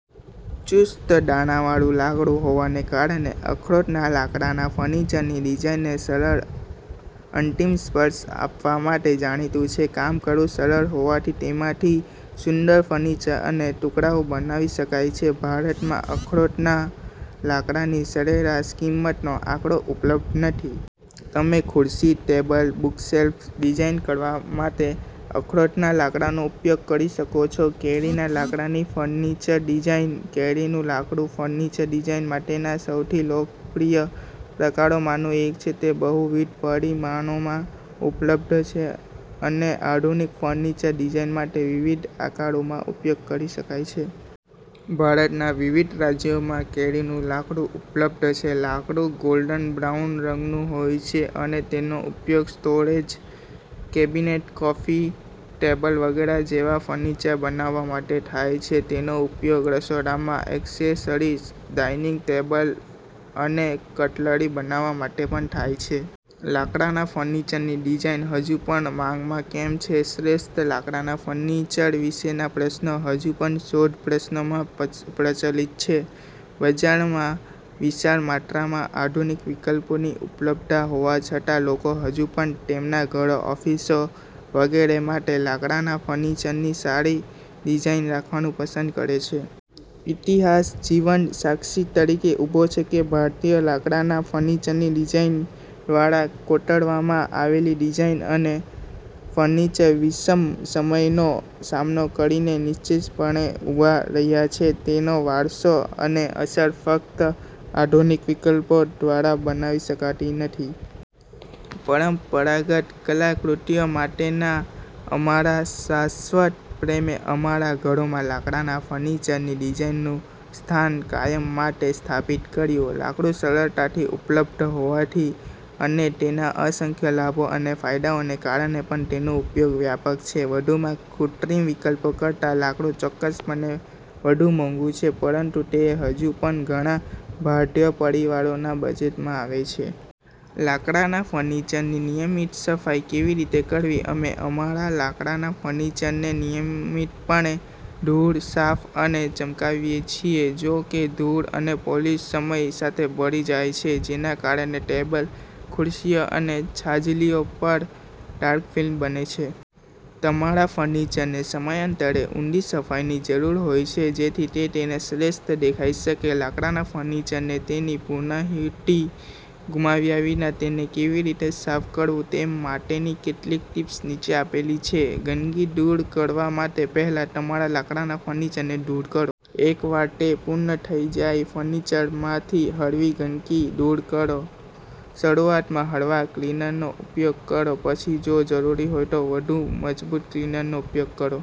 ચુસ્ત-દાણાવાળું લાકડું હોવાને કારણે, અખરોટના લાકડાના ફર્નિચરની ડિઝાઇનને સરળ અંતિમ સ્પર્શ આપવા માટે જાણીતું છે. કામ કરવું સરળ હોવાથી તેમાંથી સુંદર ફર્નિચર અને ટુકડાઓ બનાવી શકાય છે. ભારતમાં અખરોટના લાકડાની સરેરાશ કિંમત નો આંકડો ઉપલબ્ધ નથી. તમે ખુરશી, ટેબલ અને બુકશેલ્ફ ડિઝાઇન કરવા માટે અખરોટના લાકડાનો ઉપયોગ કરી શકો છો. કેરીના લાકડાની ફર્નિચર ડિઝાઇન. કેરીનું લાકડું ફર્નિચર ડિઝાઇન માટેના સૌથી લોકપ્રિય પ્રકારોમાંનું એક છે. તે બહુવિધ પરિમાણોમાં ઉપલબ્ધ છે અને આધુનિક ફર્નિચર ડિઝાઇન માટે વિવિધ આકારોમાં ઉપયોગ કરી શકાય છે. ભારતના વિવિધ રાજ્યોમાં કેરીનું લાકડું ઉપલબ્ધ છે. લાકડું ગોલ્ડન બ્રાઉન રંગનું હોય છે અને તેનો ઉપયોગ સ્ટોરેજ કેબિનેટ, કોફી ટેબલ વગેરે જેવા ફર્નિચર બનાવવા માટે થાય છે. તેનો ઉપયોગ રસોડામાં એક્સેસરીઝ, ડાઇનિંગ ટેબલ અને કટલરી બનાવવા માટે પણ થાય છે. લાકડાના ફર્નિચરની ડિઝાઇન હજુ પણ માંગમાં કેમ છે? શ્રેષ્ઠ લાકડાના ફર્નિચર વિશેના પ્રશ્નો હજુ પણ શોધ પ્રશ્નોમાં પ્રચલિત છે. બજારમાં વિશાળ માત્રામાં આધુનિક વિકલ્પોની ઉપલબ્ધતા હોવા છતાં, લોકો હજુ પણ તેમના ઘરો, ઓફિસો વગેરે માટે લાકડાના ફર્નિચરની સારી ડિઝાઇન રાખવાનું પસંદ કરે છે. ઈતિહાસ જીવંત સાક્ષી તરીકે ઊભો છે કે ભારતીય લાકડાના ફર્નિચરની ડિઝાઇન દ્વારા કોતરવામાં આવેલી ડિઝાઇન અને ફર્નિચર વિષમ સમયનો સામનો કરીને નિશ્ચિતપણે ઊભાં રહ્યાં છે. તેનો વારસો અને અસર ફક્ત આધુનિક વિકલ્પો દ્વારા બનાવી શકાતી નથી. પરંપરાગત કલાકૃતિઓ માટેના અમારા શાશ્વત પ્રેમે અમારા ઘરોમાં લાકડાના ફર્નિચરની ડિઝાઇનનું સ્થાન કાયમ માટે સ્થાપિત કર્યું. લાકડું સરળતાથી ઉપલબ્ધ હોવાથી અને તેના અસંખ્ય લાભો અને ફાયદાઓને કારણે પણ તેનો ઉપયોગ વ્યાપક છે. વધુમાં, કૃત્રિમ વિકલ્પો કરતાં લાકડું ચોક્કસપણે વધુ મોંઘું છે, પરંતુ તે હજુ પણ ઘણા ભારતીય પરિવારોના બજેટમાં આવે છે. લાકડાના ફર્નિચરની નિયમિત સફાઈ કેવી રીતે કરવી? અમે અમારા લાકડાના ફર્નિચરને નિયમિતપણે ધૂળ, સાફ અને ચમકાવીએ છીએ. જો કે, ધૂળ અને પોલિશ સમય સાથે ભળી જાય છે, જેના કારણે ટેબલ, ખુરશીઓ અને છાજલીઓ પર ડાર્ક ફિલ્મ બને છે. તમારા ફર્નિચરને સમયાંતરે ઊંડી સફાઈની જરૂર હોય છે જેથી તે તેના શ્રેષ્ઠ દેખાઈ શકે. લાકડાના ફર્નિચરને તેની પૂર્ણાહુતિ ગુમાવ્યા વિના તેને કેવી રીતે સાફ કરવું તે માટેની કેટલીક ટીપ્સ નીચે આપેલી છે. ગંદકી દૂર કરવા માટે પહેલા તમારા લાકડાના ફર્નિચરને ધૂળ કરો. એકવાર તે પૂર્ણ થઈ જાય, ફર્નિચરમાંથી હળવી ગંદકી દૂર કરો. શરૂઆતમાં હળવા ક્લીનરનો ઉપયોગ કરો અને પછી જો જરૂરી હોય તો વધુ મજબૂત ક્લીનરનો ઉપયોગ કરો.